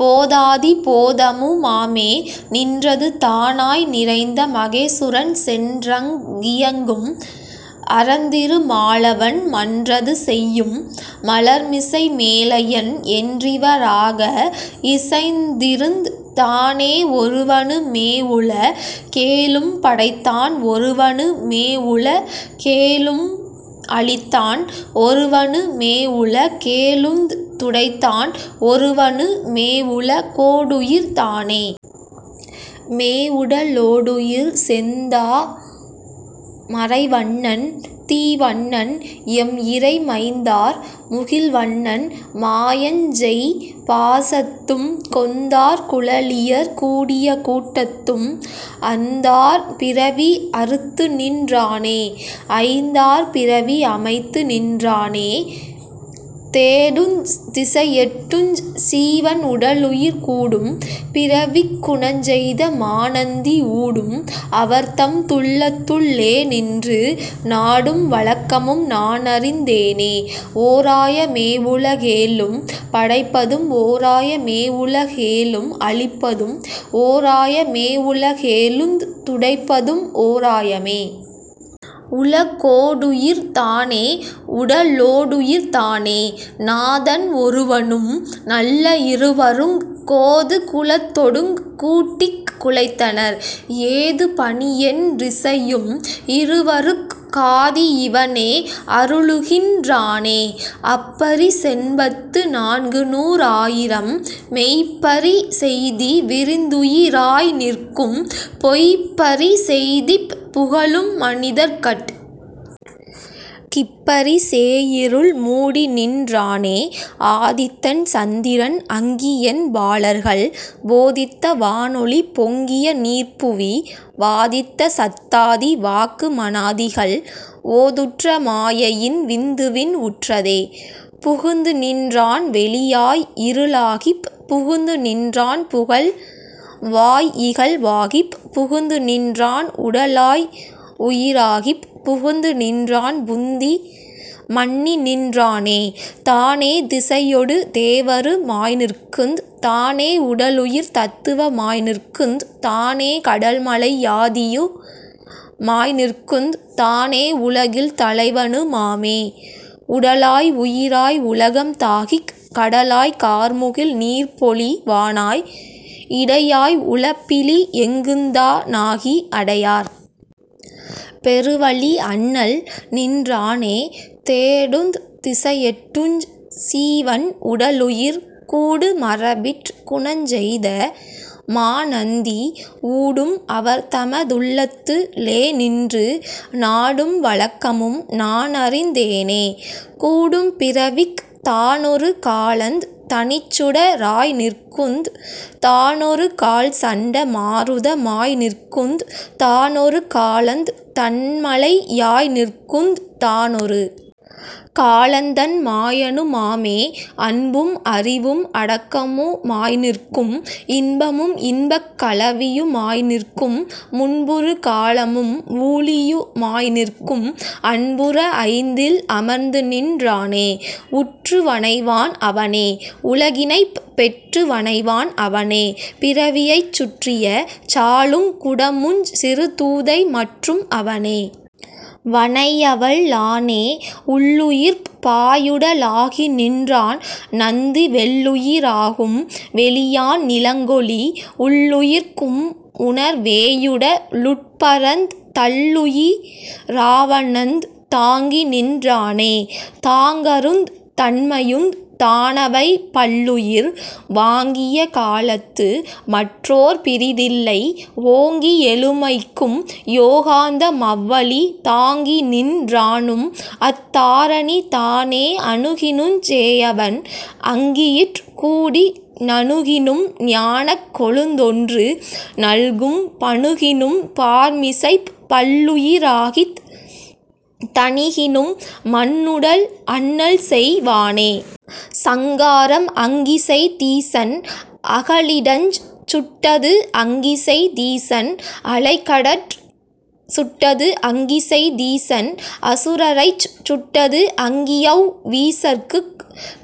போதாதி போதமு மாமே நின்றது தானாய் நிறைந்த மகேசுரன் சென்றங் கியங்கும் அரந்திரு மாலவன் மன்றது செய்யும் மலர்மிசை மேலயன் என்றிவ ராக இசைந்திருந் தானே ஒருவனு மேஉல கேழும் படைத்தான் ஒருவனு மேஉல கேழும் அளித்தான்। ஒருவனு மேஉல கேழுந் துடைத்தான் ஒருவனு.. மேஉல கோடுயிர் தானே.. மேஉடலோடுயிர் செந்தா மரைவண்ணன் தீவண்ணன் எம் இறை மைந்தார் முகில்வண்ணன் மாயஞ்செய் பாசத்தும் கொந்தார் குழலியர் கூடிய கூட்டத்தும்.. அந்தார் பிறவி அறுத்துநின் றானே.. ஐந்தார் பிறவி அமைத்து நின்றானே தேடுந் திசைஎட்டுஞ் சீவன் உடல்உயிர் கூடும் பிறவிக் குணஞ்செய்த மாநந்தி ஊடும் அவர்தம் துள்ளத்துள் ளேநின்று நாடும் வழக்கமும் நான்அறிந் தேனே ஓராய மேஉல கேழும் படைப்பதும் ஓராய மேஉல கேழும் அளிப்பதும் ஓராய மேஉல கேழுந் துடைப்பதும் ஓராய மே.. உல கோடுயிர் தானே.. உடலோடுயிர் தானே நாதன் ஒருவனும் நல்ல இருவருங் கோது குலத்தொடுங் கூட்டிக் குழைத்தனர் ஏது பணியென் றிசையும் இருவருக் காதி இவனே அருளுகின் றானே அப்பரி செண்பத்து நான்குநூ றாயிரம் மெய்ப்பரி செய்தி விரிந்துயி ராய்நிற்கும் பொய்ப்பரி செய்திப் புகலும் மனிதர்கட் கிப்பரி சேஇருள் மூடிநின் றானே ஆதித்தன் சந்திரன் அங்கிஎண் பாலர்கள் போதித்த வானொலி பொங்கிய நீர்ப்புவி வாதித்த சத்தாதி வாக்கு மனாதிகள் ஓதுற்ற மாயையின் விந்துவின் உற்றதே புகுந்துநின் றான்வெளி யாய்இரு ளாகிப் புகுந்துநின் றான்புகழ் வாய்இகழ் வாகிப் புகுந்துநின் றான்உட லாய்உயி ராகிப் புகுந்துநின் றான்புந்தி மன்னிநின் றானே தானே திசையொடு தேவரு மாய்நிற்குந் தானே உடலுயிர் தத்துவ மாய்நிற்குந் தானே கடல்மலை யாதியு மாய்நிற்குந் தானே உலகில் தலைவனு மாமே உடலாய் உயிராய் உலகம தாகிக் கடலாய் கார்முகில் நீர்ப்பொழி வானாய் இடையாய் உலப்பிலி எங்குந்தா னாகி அடையார்.. பெருவழி அண்ணல் நின்றானே தேடுந் திசைஎட்டுஞ் சீவன் உடல்உயிர்.. கூடு மரபிற் குணஞ்செய்த மாநந்தி ஊடும் அவர்தம துள்ளத்து ளேநின்று நாடும் வழக்கமும் நான்அறிந் தேனே.. கூடும்பிறவிக் தானொரு காலந் தனிச்சுட ராய்நிற்குந் தானொரு கால்சண்ட மாருத மாய்நிற்குந் தானொரு காலந் தண்மழை யாய்நிற்குந் தானொரு காலந்தண் மாயனு மாமே அன்பும் அறிவும் அடக்கமு மாய்நிற்கும் இன்பமும் இன்பக் கலவியு மாய்நிற்கும் முன்புறு காலமும் ஊழியு மாய்நிற்கும் அன்புற ஐந்தில் அமர்ந்துநின் றானே உற்று வனைவான் அவனே உலகினைப் பெற்று வனைவான் அவனே பிறவியைச் சுற்றிய சாலுங் குடமுஞ் சிறுதூதை மற்றும் அவனே வனையவல் லானே உள்ளுயிர்ப் பாயுட லாகிநின் றான்நந்தி வெள்ளுயி ராகும் வெளியான் நிலங்கொளி உள்ளுயிர்க் கும்உணர் வேயுட லுட்பரந் தள்ளுயி ராவண்ணந் தாங்கிநின் றானே தாங்கருந் தன்மையுந் தானவை பல்லுயிர் வாங்கிய காலத்து மற்றோர் பிறிதில்லை ஓங்கி எழுமைக்கும் யோகாந்த மவ்வழி தாங்கிநின் றானும்அத் தாரணி தானே அணுகினுஞ் சேயவன் அங்கியிற் கூடி நணுகினும் ஞானக் கொழுந்தொன்று நல்கும் பணுகினும் பார்மிசைப் பல்லுயி ராகித் தணிகினும் மண்ணுடல் அண்ணல்செய் வானே.. சங்காரம் அங்கிசெய் தீசன் அகலிடஞ் சுட்டது அங்கிசெய் தீசன் அலைகடற் சுட்டது அங்கிசெய் தீசன் அசுரரைச் சுட்டது அங்கியவ் வீசற்குக்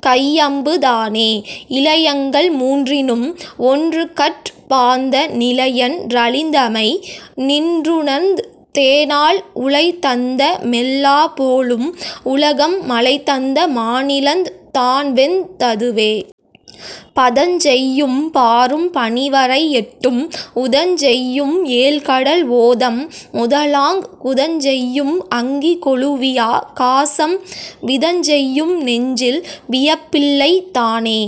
கைஅம்பு தானே இலயங்கள் மூன்றினும் ஒன்றுகற் பாந்த நிலையன் றழிந்தமை நின்றுணர்ந் தேனால் உலைதந்த மெல்லா போலும் உலகம் மலைதந்த மானிலந் தான்வெந் ததுவே பதஞ்செய்யும் பாரும் பனிவரை எட்டும் உதஞ்செய்யும் ஏழ்கடல் ஓதம் முதலாங் குதஞ்செய்யும் அங்கி கொளுவியா காசம் விதஞ்செய்யும் நெஞ்சில் வியப்பில்லை தானே